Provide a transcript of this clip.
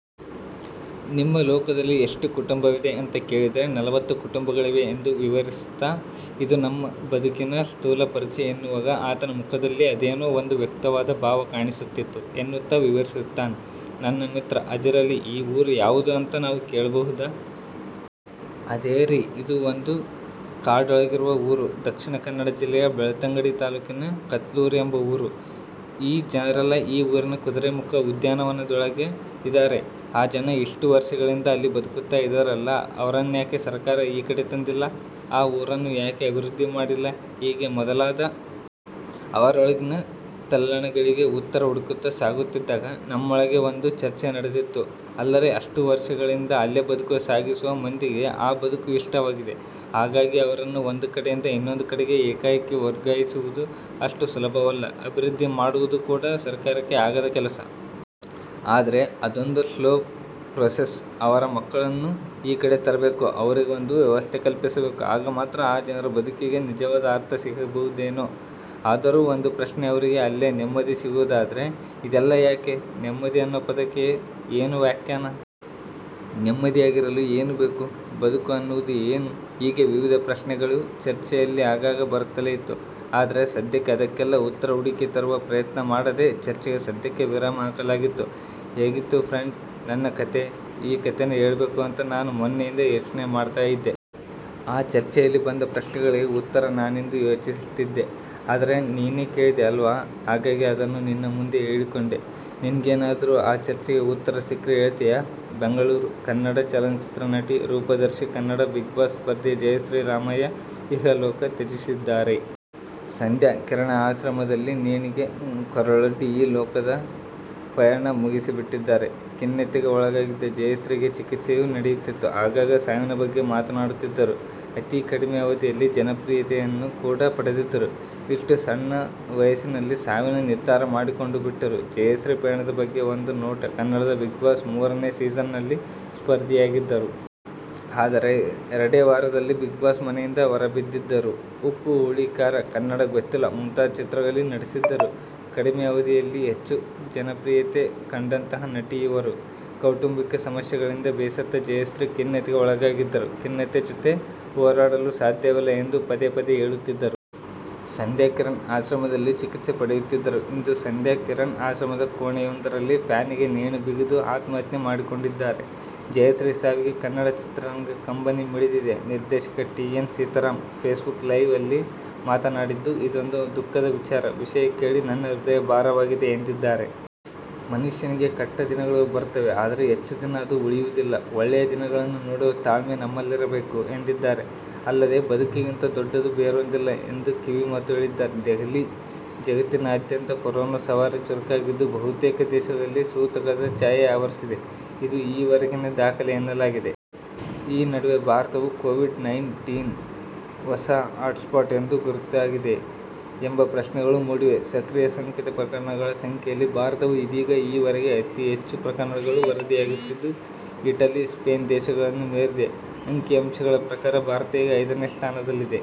ನಿಮ್ಮ ಲೋಕದಲ್ಲಿ ಎಷ್ಟು ಕುಟುಂಬವಿದೆ ಅಂತ ಕೇಳಿದ್ರೆ, ನಲವತ್ತು ಕುಟುಂಬಗಳಿವೆ ಎಂದು ವಿವರಿಸ್ತಾ ಇದು ನಮ್ ಬದುಕಿನ ಸ್ಥೂಲ ಪರಿಚಯ ಎನ್ನುವಾಗ ಆತನ ಮುಖದಲ್ಲಿ ಅದೇನೋ ಒಂದು ಅವ್ಯಕ್ತವಾದ ಭಾವ ಕಾಣಿಸುತ್ತಿತ್ತು, ಎನ್ನುತ್ತಾ ವಿವರಿಸುತ್ತಾನೆ ನನ್ ಮಿತ್ರ. ಅದಿರಲಿ ಈ ಊರು ಯಾವುದು ಅಂತ ನಾವು ಕೇಳ್ಬಹುದಾ? ಅದೇರೀ ಇದೂ ಒಂದು ಕಾಡೋಳಗಿರುವ ಊರು. ದಕ್ಷಿಣ ಕನ್ನಡ ಜಿಲ್ಲೆಯ ಬೆಳ್ತಂಗಡಿ ತಾಲೂಕಿನ ಕುತ್ಲೂರು ಎಂಬ ಊರು. ಈ ಜನರೆಲ್ಲಾ ಈ ಊರಿನ ಕುದುರೆಮುಖ ಉದ್ಯಾನವನದೊಳಗೆ ಇದಾರೆ. ಆ ಜನ ಇಷ್ಟೂ ವರ್ಷಗಳಿಂದ ಅಲ್ಲಿ ಬದುಕುತ್ತಾ ಇದಾರಲ್ಲ ಅವರನ್ಯಾಕೆ ಸರಕಾರ ಈ ಕಡೆ ತಂದಿಲ್ಲ, ಆ ಊರನ್ನು ಯಾಕೆ ಅಭಿವೃದ್ದಿ ಮಾಡಿಲ್ಲ ಹೀಗೆ ಮೊದಲಾದ.. ಅವರೊಳಗಿನ ತಲ್ಲಣಗಳಿಗೆ ಉತ್ತರ ಹುಡುಕುತ್ತಾ ಸಾಗುತ್ತಿದ್ದಾಗ, ನಮ್ಮೊಳಗೆ ಒಂದು ಚರ್ಚೆ ನಡೆದಿತ್ತು. ಅಲ್ಲಾರೀ ಅಷ್ಟೂ ವರ್ಷಗಳಿಂದ ಅಲ್ಲೇ ಬದುಕು ಸಾಗಿಸುವ ಮಂದಿಗೆ ಆ ಬದುಕು ಇಷ್ಟವಾಗಿದೆ. ಹಾಗಾಗಿ ಅವರನ್ನು ಒಂದು ಕಡೆಯಿಂದ ಇನ್ನೊಂದು ಕಡೆಗೆ ಏಕಾಏಕಿ ವರ್ಗಾಯಿಸುವುದು ಅಷ್ಟು ಸುಲಭವಲ್ಲ. ಅಭಿವೃದ್ದಿ ಮಾಡುವುದೂ ಕೂಡಾ ಸರಕಾರಕ್ಕೆ ಆಗದ ಕೆಲಸ. ಆದ್ರೆ ಅದೊಂದು ಸ್ಲೋ ಪ್ರೋಸೆಸ್. ಅವರ ಮಕ್ಕಳನ್ನು ಈ ಕಡೆ ತರಬೇಕು. ಅವ್ರಿಗೊಂದು ವ್ಯವಸ್ಥೆ ಕಲ್ಪಿಸಬೇಕು ಆಗ ಮಾತ್ರಾ ಆ ಜನರ ಬದುಕಿಗೆ ನಿಜವಾದ ಅರ್ಥ ಸಿಗಬಹುದೇನೋ? ಆದರೂ ಒಂದು ಪ್ರಶ್ನೆ ಅವ್ರಿಗೆ ಅಲ್ಲೇ ನೆಮ್ಮದಿ ಸಿಗುವದಾದ್ರೆ ಇದೆಲ್ಲಾ ಯಾಕೆ.? ನೆಮ್ಮದಿ ಅನ್ನೋ ಪದಕ್ಕೆ ಏನು ವ್ಯಾಖ್ಯಾನ.?. ನೆಮ್ಮದಿಯಾಗಿರಲು ಏನು ಬೇಕು? ಬದುಕು ಅನ್ನುವುದು ಏನು..? ಹೀಗೇ ವಿವಿದ ಪ್ರಶ್ನೆಗಳು ಚರ್ಚೆಯಲ್ಲಿ ಆಗಾಗ ಬರುತ್ತಲೇ ಇತ್ತು. ಆದ್ರೆ ಸದ್ಯಕ್ಕೆ ಅದಕ್ಕೆಲ್ಲಾ ಉತ್ತರ ಹುಡುಕಿ ತರುವ ಪ್ರಯತ್ನ ಮಾಡದೆ ಚರ್ಚೆಗೆ ಸದ್ಯಕ್ಕೆ ವಿರಾಮ ಹಾಕಲಾಗಿತ್ತು. ಹೇಗಿತ್ತು ಫ್ರಂಡ್ ನನ್ನ ಕತೆ.ಈ ಕತೆನಾ ಹೇಳ್ಬೇಕು ಅಂತಾ ನಾನು ಮೊನ್ನೆಯಿಂದ ಯೋಚ್ನೆ ಮಾಡ್ತಾ ಇದ್ದೆ. ಆ ಚರ್ಚೆಯಲ್ಲಿ ಬಂದ ಪ್ರಶ್ನೆಗಳಿಗೆ ಉತ್ತರ ನಾನಿಂದು ಯೋಚಿಸ್ತಿದ್ದೆ, ಆದರೆ ನೀನೇ ಕೇಳಿದೆ ಅಲ್ವಾ, ಹಾಗಾಗಿ ಅದನ್ನು ನಿನ್ ಮುಂದೆ ಹೇಳಿಕೊಂಡೆ. ನಿನ್ಗೇನಾದ್ರೂ ಆ ಚರ್ಚೆಗೆ ಉತ್ತರ ಸಿಕ್ರೆ ಹೇಳ್ತಿಯಾ? ಬೆಂಗಳೂರು: ಕನ್ನಡ ಚಲನಚಿತ್ರ ನಟಿ, ರೂಪದರ್ಶಿ, ಕನ್ನಡ ಬಿಗ್ ಬಾಸ್ ಸ್ಪರ್ಧಿ ಜಯಶ್ರೀ ರಾಮಯ್ಯ ಇಹ ಲೋಕ ತ್ಯಜಿಸಿದ್ದಾರೆ. ಸಂಧ್ಯಾ ಕಿರಣ ಆಶ್ರಮದಲ್ಲಿ ನೇಣಿಗೆ ಕೊರಳೊಡ್ಡಿ ಈ ಲೋಕದ ಪಯಣ ಮುಗಿಸಿಬಿಟ್ಟಿದ್ದಾರೆ. ಖಿನ್ನತೆಗೆ ಒಳಗಾಗಿದ್ದ ಜಯಶ್ರೀಗೆ ಚಿಕಿತ್ಸೆಯೂ ನಡೆಯುತ್ತಿತ್ತು. ಆಗಾಗ ಸಾವಿನ ಬಗ್ಗೆ ಮಾತನಾಡುತ್ತಿದ್ದರು. ಅತಿ ಕಡಿಮೆ ಅವಧಿಯಲ್ಲಿ ಜನಪ್ರಿಯತೆಯನ್ನು ಕೂಡಾ ಪಡೆದಿದ್ದರು. ಇಷ್ಟು ಸಣ್ಣ ವಯಸ್ಸಿನಲ್ಲಿ ಸಾವಿನ ನಿರ್ಧಾರ ಮಾಡಿಕೊಂಡು ಬಿಟ್ಟರು. ಜಯಶ್ರೀ ಪಯಣದ ಬಗ್ಗೆ ಒಂದು ನೋಟ ಕನ್ನಡದ ಬಿಗ್ ಬಾಸ್ ಮೂರನೇ ಸೀಸನ್ ನಲ್ಲಿ ಸ್ಪರ್ಧಿಯಾಗಿದ್ದರು. ಆದರೆ ಎರಡೇ ವಾರದಲ್ಲಿ ಬಿಗ್ ಬಾಸ್ ಮನೆಯಿಂದ ಹೊರಬಿದ್ದಿದ್ದರು. ಉಪ್ಪು ಹುಳಿ ಖಾರ, ಕನ್ನಡ ಗೊತ್ತಿಲ್ಲ ಮುಂತಾದ ಚಿತ್ರಗಳಲ್ಲಿ ನಟಿಸಿದ್ದರು.. ಕಡಿಮೆ ಅವಧೀಯಲ್ಲಿ ಹೆಚ್ಚು ಜನಪ್ರಿಯತೆ ಕಂಡಂಥಹ ನಟಿ ಇವರು ಕೌಟುಂಬಿಕ ಸಮಸ್ಯೆಗಳಿಂದ ಬೇಸತ್ತ ಜಯಶ್ರೀ ಖಿನ್ನತೆಗೆ ಒಳಗಾಗಿದ್ದರು. ಖಿನ್ನತೆ ಜೊತೆ ಹೋರಾಡಲು ಸಾಧ್ಯವಿಲ್ಲ ಎಂದು ಪದೇ ಪದೇ ಹೇಳುತ್ತಿದ್ದರು. ಸಂಧ್ಯಾ ಕಿರಣ ಆಶ್ರಮದಲ್ಲಿ ಚಿಕಿತ್ಸೆ ಪಡೆಯುತ್ತಿದ್ದರು. ಇಂದು ಸಂಧ್ಯಾ ಕಿರಣ ಆಶ್ರಮದ ಕೋಣೆಯೊಂದರಲ್ಲಿ ಫ್ಯಾನಿಗೆ ನೇಣು ಬಿಗಿದು ಆತ್ಮಹತ್ಯೆ ಮಾಡಿಕೊಂಡಿದ್ದಾರೆ. ಜಯಶ್ರೀ ಸಾವಿಗೆ ಕನ್ನಡ ಚಿತ್ರರಂಗ ಕಂಬನಿ ಮಿಡಿದಿದೆ. ನಿರ್ದೇಶಕ T N Seetharam Facebook ಲೈವಲ್ಲಿ ಮಾತನಾಡಿದ್ದು, ಇದೊಂದು ದುಃಖದ ವಿಚಾರ. ವಿಷಯ ಕೇಳಿ ನನ್ನ ಹೃದಯ ಭಾರವಾಗಿದೆ ಎಂದಿದ್ದಾರೆ. ಮನುಷ್ಯನಿಗೆ ಕೆಟ್ಟ ದಿನಗಳು ಬರುತ್ತವೆ ಆದರೆ ಹೆಚ್ಚು ದಿನ ಅದು ಉಳಿಯುವುದಿಲ್ಲ. ಒಳ್ಳೆಯ ದಿನಗಳನ್ನು ನೋಡುವ ತಾಳ್ಮೆ ನಮ್ಮಲ್ಲಿರಬೇಕು ಎಂದಿದ್ದಾರೆ. ಅಲ್ಲದೆ ಬದುಕಿಗಿಂತ ದೊಡ್ಡದು ಬೇರೊಂದಿಲ್ಲ ಎಂದು ಕಿವಿಮಾತು ಹೇಳಿದ್ದಾರೆ. ದೆಹಲಿ: ಜಗತ್ತಿನಾದ್ಯಂತ ಕೊರೋನಾ ಸವಾರಿ ಚುರುಕಾಗಿದ್ದು ಬಹುತೇಕ ದೇಶಗಳಲ್ಲಿ ಸೂತಕದ ಛಾಯೆ ಆವರಿಸಿದೆ. ಇದು ಈ ವರೆಗಿನ ದಾಖಲೆ ಎನ್ನಲಾಗಿದೆ. ಈ ನಡುವೆ ಭಾರತವು ಕೋವಿಡ್ -ನೈನ್ ಟೀನ್ ಹೊಸ ಹಾಟ್ ಸ್ಪಾಟ್ ಎಂದು ಗುರುತಾಗಿದೆಯೇ? ಎಂಬ ಪ್ರಶ್ನೆಗಳೂ ಮೂಡಿವೆ. ಸಕ್ರಿಯ ಸೋಂಕಿತ ಪ್ರಕರಣಗಳ ಸಂಖ್ಯೆಯಲ್ಲಿ ಭಾರತವು ಇದೀಗ ಈ ವರೆಗೆ ಅತೀ ಹೆಚ್ಚು ಪ್ರಕರಣಗಳು ವರದಿಯಾಗುತ್ತಿದ್ದ ಇಟಲಿ, ಸ್ಪೇನ್ ದೇಶಗಳನ್ನೂ ಮೀರಿದೆ. ಅಂಕಿ ಅಂಶಗಳ ಪ್ರಕಾರ ಭಾರತ ಈಗ ಐದನೇ ಸ್ಥಾನದಲ್ಲಿದೆ.